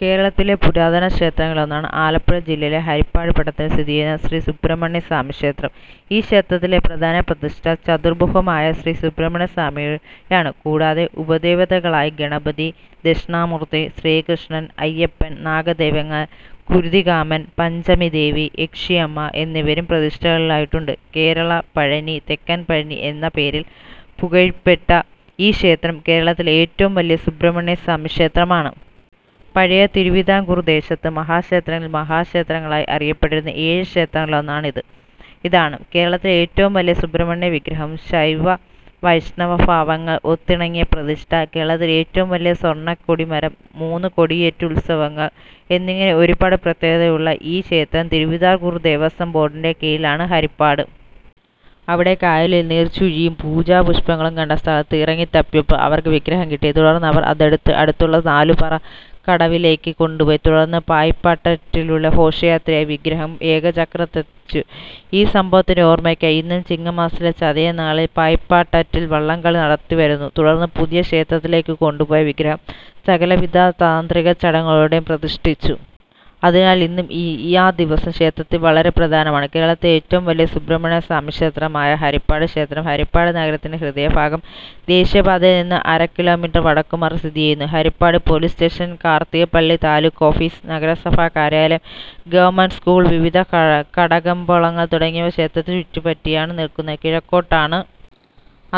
കേരളത്തിലെ പുരാതന ക്ഷേത്രങ്ങളിലൊന്നാണ് ആലപ്പുഴ ജില്ലയിലെ ഹരിപ്പാട് പട്ടണത്തിൽ സ്ഥിതിചെയ്യുന്ന ശ്രീ സുബ്രഹ്മണ്യസ്വാമി മഹാക്ഷേത്രം. ഈ ക്ഷേത്രത്തിലെ പ്രധാന പ്രതിഷ്ഠ ചതുർബുഹമായ ശ്രീ സുബ്രഹ്മണ്യസ്വാമിയാണ്. കൂടാതെ ഉപദേവതകളായി ഗണപതി, ദക്ഷിണാമൂർത്തി, ശ്രീകൃഷ്ണൻ, അയ്യപ്പൻ, നാഗദൈവങ്ങൾ, കുരുതികാമൻ, പഞ്ചമീദേവി, യക്ഷിയമ്മ എന്നിവരും പ്രതിഷ്ഠകളായിട്ടുണ്ട്. കേരള പഴനി, തെക്കൻ പഴനി എന്ന പേരിൽ പുകഴ്പെട്ട ഈ ക്ഷേത്രം കേരളത്തിലെ ഏറ്റവും വലിയ സുബ്രഹ്മണ്യസ്വാമിക്ഷേത്രമാണ്. പഴയ തിരുവിതാംകൂർ ദേശത്ത് മഹാക്ഷേത്രങ്ങളിൽ മഹാക്ഷേത്രങ്ങളായി അറിയപ്പെട്ടിരുന്ന ഏഴ് ക്ഷേത്രങ്ങളിലൊന്നാണ് ഇത് ഇതാണ്. കേരളത്തിലെ ഏറ്റവും വലിയ സുബ്രഹ്മണ്യവിഗ്രഹം, ശൈവ വൈഷ്ണവ ഭാവങ്ങൾ ഒത്തിണങ്ങിയ പ്രതിഷ്ഠ, കേരളത്തിലെ ഏറ്റവും വലിയ സ്വർണക്കൊടിമരം, മൂന്ന് കൊടിയേറ്റുത്സവങ്ങൾ എന്നിങ്ങനെ ഒരുപാട് പ്രത്യേകതകളുള്ള ഈ ക്ഷേത്രം തിരുവിതാംകൂർ ദേവസ്വം ബോർഡിൻ്റെ കീഴിലാണ്. ഹരിപ്പാട് അവിടെ കായലിൽ നീർച്ചുഴിയും പൂജാപുഷ്പങ്ങളും കണ്ട സ്ഥലത്ത് ഇറങ്ങിത്തപ്പിയപ്പോൾ അവർക്ക് വിഗ്രഹം കിട്ടി. തുടർന്ന് അവർ അതെടുത്ത് അടുത്തുള്ള നാലുപറക്കടവിലേയ്ക്ക് കൊണ്ടുപോയി. തുടർന്ന് പായിപ്പാട്ടാറ്റിലൂടെ ഘോഷയാത്രയായി വിഗ്രഹം ഏകചക്രത്തെത്തിച്ചു. ഈ സംഭവത്തിൻ്റെ ഓർമയ്ക്കായി ഇന്നും ചിങ്ങമാസത്തിലെ ചതയം നാളിൽ പായിപ്പാട്ടാറ്റിൽ വള്ളംകളി നടത്തിവരുന്നു. തുടർന്ന് പുതിയ ക്ഷേത്രത്തിലേക്ക് കൊണ്ടുപോയ വിഗ്രഹം സകലവിധ താന്ത്രികച്ചടങ്ങുകളോടെയും പ്രതിഷ്ഠിച്ചു. അതിനാൽ ഇന്നും ഈ ആ ദിവസം ക്ഷേത്രത്തിൽ വളരെ പ്രധാനമാണ്. കേരളത്തിലെ ഏറ്റവും വലിയ സുബ്രഹ്മണ്യസ്വാമിക്ഷേത്രമായ ഹരിപ്പാട് ക്ഷേത്രം ഹരിപ്പാട് നഗരത്തിൻ്റെ ഹൃദയഭാഗം ദേശീയപാതയിൽ നിന്ന് അര കിലോമീറ്റർ വടക്കുമാറി സ്ഥിതിചെയ്യുന്നു. Haripad police station, Karthikappally taluk office, നഗരസഭാ കാര്യാലയം, ഗവ. സ്കൂൾ, വിവിധ കടകമ്പോളങ്ങൾ തുടങ്ങിയവ ക്ഷേത്രത്തെ ചുറ്റിപ്പറ്റിയാണ് നിൽക്കുന്നത്. കിഴക്കോട്ടാണ്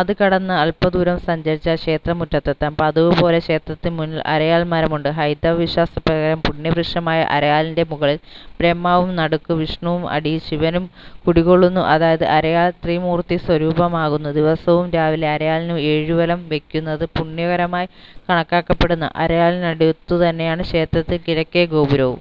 അത് കടന്ന് അല്പദൂരം സഞ്ചരിച്ചാൽ ക്ഷേത്രമുറ്റത്തെത്താം. പതിവുപോലെ ക്ഷേത്രത്തിൻ്റെ മുന്നിൽ അരയാൽമരമുണ്ട്. ഹൈന്ദവവിശ്വാസപ്രകാരം പുണ്യവൃക്ഷമായ അരയാലിൻ്റെ മുകളിൽ ബ്രഹ്മാവും നടുക്ക് വിഷ്ണുവും അടിയിൽ ശിവനും കുടികൊള്ളുന്നു. അതായത് അരയാൽ ത്രിമൂർത്തീസ്വരൂപമാകുന്നു. ദിവസവും രാവിലെ അരയാലിനെ ഏഴുവലം വയ്ക്കുന്നത് പുണ്യകരമായി കണക്കാക്കപ്പെടുന്നു. അരയാലിനടുത്തുതന്നെയാണ് ക്ഷേത്രത്തിൻ്റെ കിഴക്കേ ഗോപുരവും.